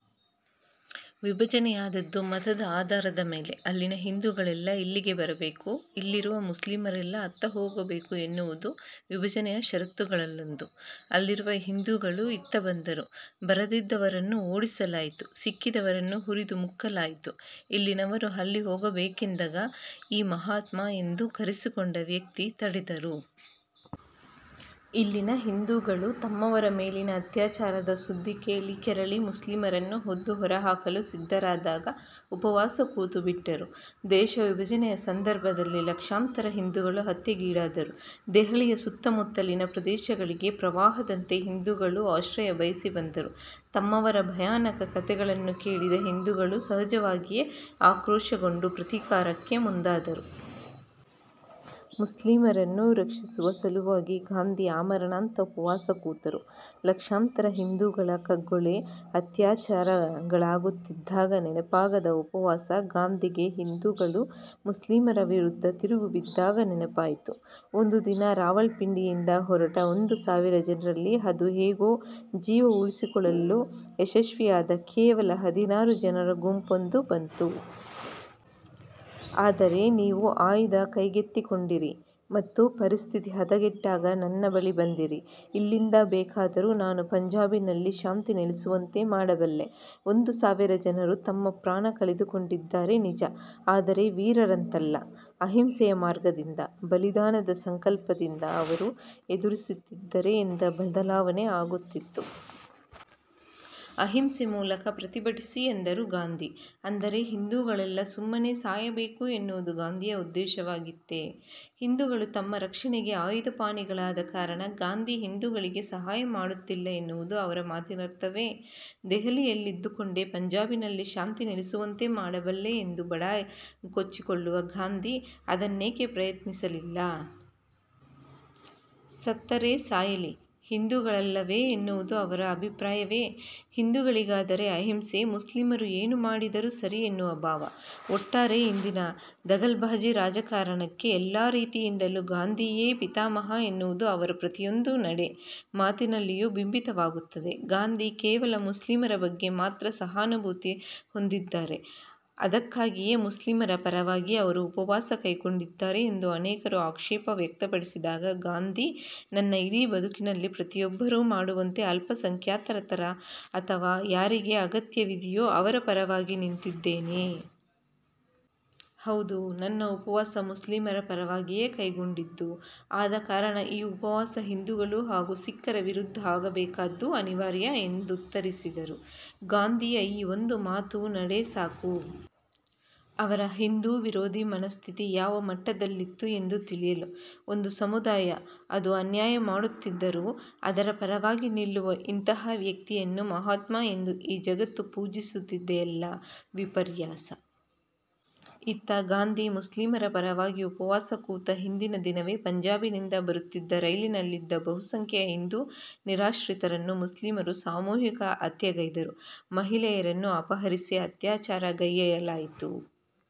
ವಿಭಜನೆಯಾದದ್ದು ಮತದ ಆಧಾರದ ಮೇಲೆ. ಅಲ್ಲಿನ ಹಿಂದೂಗಳೆಲ್ಲಾ ಇಲ್ಲಿಗೆ ಬರಬೇಕು. ಇಲ್ಲಿರುವ ಮುಸ್ಲಿಮರೆಲ್ಲಾ ಅತ್ತ ಹೋಗಬೇಕು ಎನ್ನುವುದೂ ವಿಭಜನೆಯ ಷರತ್ತುಗಳಲ್ಲೊಂದು. ಅಲ್ಲಿರುವ ಹಿಂದೂಗಳು ಇತ್ತ ಬಂದರು. ಬರದಿದ್ದವರನ್ನು ಓಡಿಸಲಾಯಿತು. ಸಿಕ್ಕಿದವರನ್ನು ಹುರಿದು ಮುಕ್ಕಲಾಯಿತು. ಇಲ್ಲಿನವರು ಅಲ್ಲಿ ಹೋಗಬೇಕೆಂದಾಗ ಈ ಮಹಾತ್ಮ ಎಂದು ಕರೆಸಿಕೊಂಡ ವ್ಯಕ್ತಿ ತಡೆದರು. ಇಲ್ಲಿನ ಹಿಂದೂಗಳು ತಮ್ಮವರ ಮೇಲಿನ ಅತ್ಯಾಚಾರದ ಸುದ್ದಿ ಕೇಳಿ ಕೆರಳಿ ಮುಸ್ಲಿಮರನ್ನು ಒದ್ದು ಹೊರಹಾಕಲು ಸಿದ್ಧರಾದಾಗ ಉಪವಾಸ ಕೂತುಬಿಟ್ಟರು. ದೇಶವಿಭಜನೆಯ ಸಂದರ್ಭದಲ್ಲಿ ಲಕ್ಷಾಂತರ ಹಿಂದೂಗಳು ಹತ್ಯೆಗೀಡಾದರು. ದೆಹಲಿಯ ಸುತ್ತಮುತ್ತಲಿನ ಪ್ರದೇಶಗಳಿಗೆ ಪ್ರವಾಹದಂತೆ ಹಿಂದೂಗಳು ಆಶ್ರಯ ಬಯಸಿ ಬಂದರು. ತಮ್ಮವರ ಭಯಾನಕ ಕಥೆಗಳನ್ನು ಕೇಳಿದ ಹಿಂದೂಗಳು ಸಹಜವಾಗಿಯೇ ಆಕ್ರೋಶಗೊಂಡು ಪ್ರತೀಕಾರಕ್ಕೆ ಮುಂದಾದರು. ಮುಸ್ಲಿಮರನ್ನು ರಕ್ಷಿಸುವ ಸಲುವಾಗಿ ಗಾಂಧಿ ಆಮರಣಾಂತ ಉಪವಾಸ ಕೂತರು. ಲಕ್ಷಾಂತರ ಹಿಂದೂಗಳ ಕಗ್ಗೊಲೆ, ಅತ್ಯಾಚಾರಗಳಾಗುತ್ತಿದ್ದಾಗ ನೆನಪಾಗದ ಉಪವಾಸ ಗಾಂಧಿಗೆ ಹಿಂದೂಗಳು ಮುಸ್ಲಿಮರ ವಿರುದ್ಧ ತಿರುಗಿಬಿದ್ದಾಗ ನೆನಪಾಯಿತು! ಒಂದು ದಿನ ರಾವಲ್ಪಿಂಡಿಯಿಂದ ಹೊರಟ ಒಂದು ಸಾವಿರ ಜನರಲ್ಲಿ ಅದು ಹೇಗೋ ಜೀವ ಉಳಿಸಿಕೊಳ್ಳಲು ಯಶಸ್ವಿಯಾದ ಕೇವಲ ಹದಿನಾರು ಜನರ ಗುಂಪೊಂದು ಬಂತು. ಆದರೆ ನೀವು ಆಯುಧ ಕೈಗೆತ್ತಿಕೊಂಡಿರಿ ಮತ್ತು ಪರಿಸ್ಥಿತಿ ಹದಗೆಟ್ಟಾಗ ನನ್ನ ಬಳಿ ಬಂದಿರಿ. ಇಲ್ಲಿಂದ ಬೇಕಾದರೂ ನಾನು ಪಂಜಾಬಿನಲ್ಲಿ ಶಾಂತಿ ನೆಲೆಸುವಂತೆ ಮಾಡಬಲ್ಲೆ. ಒಂದು ಸಾವಿರ ಜನರು ತಮ್ಮ ಪ್ರಾಣ ಕಳೆದುಕೊಂಡಿದ್ದಾರೆ ನಿಜ. ಆದರೆ ವೀರರಂತಲ್ಲ. ಅಹಿಂಸೆಯ ಮಾರ್ಗದಿಂದ, ಬಲಿದಾನದ ಸಂಕಲ್ಪದಿಂದ ಅವರು ಎದುರಿಸುತ್ತಿದ್ದರೆ ಎಂಥ ಬದಲಾವಣೆ ಆಗುತ್ತಿತ್ತು. ಅಹಿಂಸೆ ಮೂಲಕ ಪ್ರತಿಭಟಿಸಿ" ಎಂದರು ಗಾಂಧಿ.. ಅಂದರೆ ಹಿಂದೂಗಳೆಲ್ಲಾ ಸುಮ್ಮನೆ ಸಾಯಬೇಕು ಎನ್ನುವುದು ಗಾಂಧಿಯ ಉದ್ದೇಶವಾಗಿತ್ತೇ? ಹಿಂದೂಗಳು ತಮ್ಮ ರಕ್ಷಣೆಗೆ ಆಯುಧಪಾಣಿಗಳಾದ ಕಾರಣ ಗಾಂಧಿ ಹಿಂದೂಗಳಿಗೆ ಸಹಾಯ ಮಾಡುತ್ತಿಲ್ಲ ಎನ್ನುವುದು ಅವರ ಮಾತಿನರ್ಥವೇ? ದೆಹಲಿಯಲ್ಲಿದ್ದುಕೊಂಡೇ ಪಂಜಾಬಿನಲ್ಲಿ ಶಾಂತಿ ನೆಲೆಸುವಂತೆ ಮಾಡಬಲ್ಲೆ ಎಂದು ಬಡಾಯಿಕೊಚ್ಚಿಕೊಳ್ಳುವ ಗಾಂಧಿ ಅದನ್ನೇಕೆ ಪ್ರಯತ್ನಿಸಲಿಲ್ಲ. ಸತ್ತರೆ ಸಾಯಲಿ, ಹಿಂದೂಗಳಲ್ಲವೇ ಎನ್ನುವುದು ಅವರ ಅಭಿಪ್ರಾಯವೇ? ಹಿಂದೂಗಳಿಗಾದರೆ ಅಹಿಂಸೆ, ಮುಸ್ಲಿಮರು ಏನು ಮಾಡಿದರೂ ಸರಿ ಎನ್ನುವ ಭಾವ! ಒಟ್ಟಾರೆ ಇಂದಿನ ದಗಲ್ಬಾಜಿ ರಾಜಕಾರಣಕ್ಕೆ ಎಲ್ಲಾ ರೀತಿಯಿಂದಲೂ ಗಾಂಧಿಯೇ ಪಿತಾಮಹ ಎನ್ನುವುದು ಅವರ ಪ್ರತಿಯೊಂದು ನಡೆ, ಮಾತಿನಲ್ಲಿಯೂ ಬಿಂಬಿತವಾಗುತ್ತದೆ. ಗಾಂಧಿ ಕೇವಲ ಮುಸ್ಲಿಮರ ಬಗ್ಗೆ ಮಾತ್ರ ಸಹಾನುಭೂತಿ ಹೊಂದಿದ್ದಾರೆ, ಅದಕ್ಕಾಗಿಯೇ ಮುಸ್ಲಿಮರ ಪರವಾಗಿ ಅವರು ಉಪವಾಸ ಕೈಗೊಂಡಿದ್ದಾರೆ ಎಂದು ಅನೇಕರು ಆಕ್ಷೇಪ ವ್ಯಕ್ತಪಡಿಸಿದಾಗ ಗಾಂಧಿ, "ನನ್ನ ಇಡೀ ಬದುಕಿನಲ್ಲಿ ಪ್ರತಿಯೊಬ್ಬರೂ ಮಾಡುವಂತೆ ಅಲ್ಪಸಂಖ್ಯಾತರ ಅಥವಾ ಯಾರಿಗೆ ಅಗತ್ಯವಿದೆಯೋ ಅವರ ಪರವಾಗಿ ನಿಂತಿದ್ದೇನೆ. ಹೌದು ನನ್ನ ಉಪವಾಸ ಮುಸ್ಲಿಮರ ಪರವಾಗಿಯೇ ಕೈಗೊಂಡಿದ್ದು. ಆದಕಾರಣ ಈ ಉಪವಾಸ ಹಿಂದೂಗಳು ಹಾಗೂ ಸಿಖ್ಖರ ವಿರುದ್ಧ ಆಗಬೇಕಾದ್ದು ಅನಿವಾರ್ಯ" ಎಂದುತ್ತರಿಸಿದರು.. ಗಾಂಧಿಯ ಈ ಒಂದು ಮಾತು-ನಡೆ ಸಾಕು, ಅವರ ಹಿಂದೂ ವಿರೋಧಿ ಮನಸ್ಥಿತಿ ಯಾವ ಮಟ್ಟದಲ್ಲಿತ್ತು ಎಂದು ತಿಳಿಯಲು. ಒಂದು ಸಮುದಾಯ ಅದು ಅನ್ಯಾಯ ಮಾಡುತ್ತಿದ್ದರೂ, ಅದರ ಪರವಾಗಿ ನಿಲ್ಲುವ ಇಂತಹ ವ್ಯಕ್ತಿಯನ್ನು ಮಹಾತ್ಮ ಎಂದು ಈ ಜಗತ್ತು ಪೂಜಿಸುತ್ತಿದೆಯಲ್ಲ, ವಿಪರ್ಯಾಸ! ಇತ್ತ ಗಾಂಧಿ ಮುಸ್ಲಿಮರ ಪರವಾಗಿ ಉಪವಾಸ ಕೂತ ಹಿಂದಿನ ದಿನವೇ ಪಂಜಾಬಿನಿಂದ ಬರುತ್ತಿದ್ದ ರೈಲಿನಲ್ಲಿದ್ದ ಬಹುಸಂಖ್ಯೆಯ ಹಿಂದೂ ನಿರಾಶ್ರಿತರನ್ನು ಮುಸ್ಲಿಮರು ಸಾಮೂಹಿಕ ಹತ್ಯೆಗೈದರು. ಮಹಿಳೆಯರನ್ನು ಅಪಹರಿಸಿ ಅತ್ಯಾಚಾರಗೈಯ್ಯಲಾಯಿತು.